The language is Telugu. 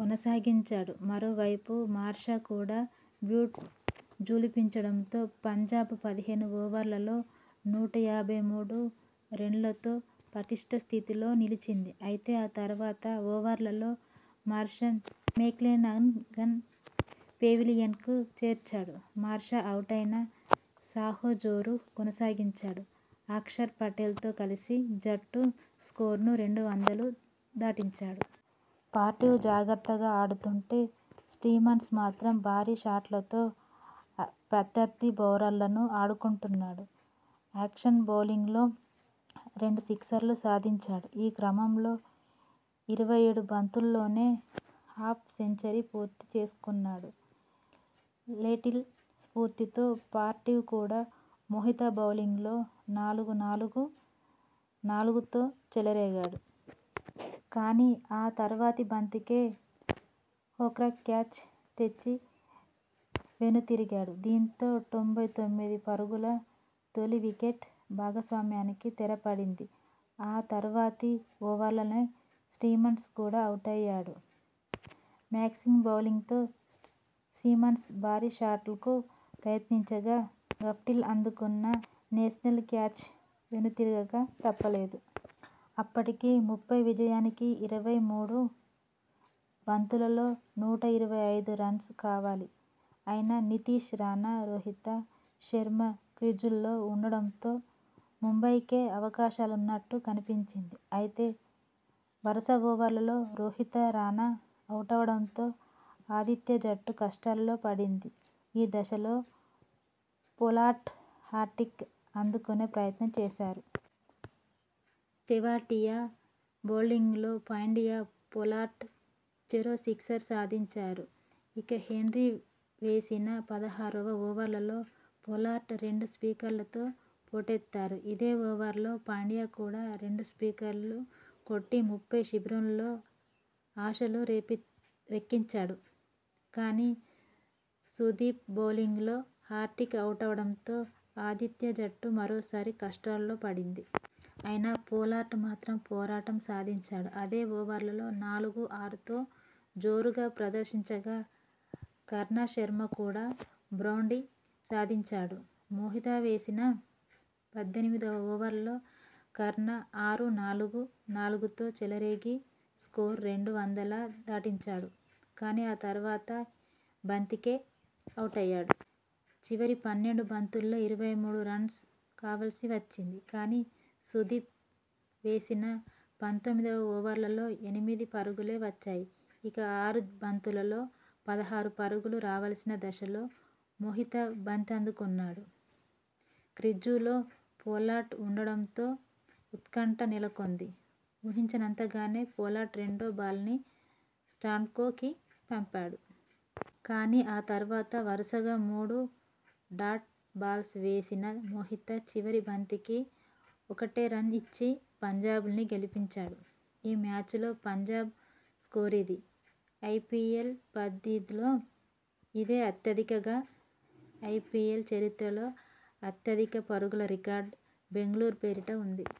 కొనసాగించాడు. మరోవైపు మార్ష్ కూడా బ్యాట్ ఝుళిపించడంతో పంజాబ్ పదిహేను ఓవర్లలో నూట యాబ్బై మూడు, రెండుతో పటిష్ట స్థితిలో నిలిచింది. అయితే ఆ తర్వాతి ఓవర్లో మార్ష్ను మెక్లెనగన్ పెవిలియన్కు చేర్చాడు. మార్ష్ అవుటైనా సాహా జోరు కొనసాగించాడు. అక్షర్ పటేల్ తో కలిసి జట్టు స్కోరు రెండు వందల దాటించాడు. పార్థివ్ జాగ్రత్తగా ఆడుతుంటే సిమన్స్ మాత్రం భారీ షాట్లతో ప్రత్యర్థి బౌలర్లను ఆటాడుకున్నాడు. అక్షర్ బౌలింగ్లో రెండు సిక్సర్లు సాధించాడు. ఈ క్రమంలో ఇరవై ఏడు బంతుల్లోనే హాఫ్ సెంచరీ పూర్తి చేసుకున్నాడు. లెండిల్ స్ఫూర్తితో పార్థివ్ కూడా మోహిత బౌలింగ్లో నాలుగు, నాలుగు, నాలుగుతో చెలరేగాడు. కానీ.. ఆ తర్వాతి బంతికే వోహ్రాకు క్యాచ్ ఇచ్చి వెనుదిరిగాడు. దీంతో తొంభై తొమ్మిది పరుగుల తొలి వికెట్ భాగస్వామ్యానికి తెరపడింది. ఆ తర్వాతి ఓవర్లోనే సిమన్స్ కూడా అవుటయ్యాడు. మాక్స్వెల్ బౌలింగ్లో సిమన్స్ భారీ షాట్కు ప్రయత్నించగా, గప్టిల్ అందుకున్న న్సేషనల్ క్యాచ్కు వెనుదిరగక తప్పలేదు. అప్పటికి ముంబై విజయానికి ఇరవై మూడు బంతుల్లో నూట ఇరవై ఐదు రన్స్ కావాలి. అయినా నితీష్ రాణా, రోహిత శర్మ క్రీజులో ఉండడంతో ముంబై కే అవకాశాలున్నట్టు కనిపించింది. అయితే, వరుస ఓవర్లలో రోహిత, రాణా అవుటవడంతో ఆతిథ్య జట్టు కష్టాల్లో పడింది. ఈ దశలో పొలార్డ్, హార్దిక్ ఆదుకునే ప్రయత్నం చేశారు. తెవాటియా బౌలింగ్లో పాండ్యా, పొలార్డ్ చెరో సిక్సర్ సాధించారు. ఇక హెన్రీ వేసిన పదహారువ ఓవర్లో పొలార్డ్ రెండు సిక్సర్లతో పోటెత్తాడు. ఇదే ఓవర్లో పాండ్యా కూడా రెండు సిక్స్లు కొట్టి ముంబై శిబిరంలో ఆశలు రేకెత్తించాడు. కానీ, సందీప్ బౌలింగ్లో హార్దిక్ అవుటవడంతో ఆతిథ్య జట్టు మరోసారి కష్టాల్లో పడింది. అయినా పొలార్డ్ మాత్రం పోరాటం సాగించాడు. అదే ఓవర్లో నాలుగు, ఆరుతో జోరు ప్రదర్శించగా, కర్ణ్ శర్మ కూడా బౌండ్రీ సాధించాడు. మోహిత వేసిన పద్దెనిమిదివ ఓవర్లో కర్ణ్ ఆరు, నాలుగు, నాలుగుతో చెలరేగి స్కోరు రెండు వందల దాటించాడు. కానీ ఆ తర్వాతి బంతికే అవుటయ్యాడు. చివరి పన్నెండు బంతుల్లో ఇరవై మూడు రన్స్ కావాల్సి వచ్చింది. కానీ, సుదీప్ వేసిన పంతొమ్మిదివ ఓవర్లో ఎనిమిది పరుగులే వచ్చాయి. ఇక ఆరు బంతుల్లో పదహారు పరుగులు రావాల్సిన దశలో మోహిత బంతినందుకున్నాడు. క్రీజులో పొలార్డ్ ఉండడంతో ఉత్కంఠ నెలకొంది. ఊహించినట్టుగానే పొలార్డ్ రెండో బాల్ని స్టాండ్స్లోకి పంపాడు. కానీ ఆ తర్వాత వరుసగా మూడు డాట్ బాల్స్ వేసిన మోహిత, చివరి బంతికి ఒకటే రన్ ఇచ్చి పంజాబ్ను గెలిపించాడు. ఈ మ్యాచ్లో పంజాబ్ స్కోరిది. ఐపీఎల్, పదిలో ఇదే అత్యధికం. కాగా, ఐపీఎల్ చరిత్రలో అత్యధిక పరుగుల రికార్డు బెంగళూరు పేరిట ఉంది.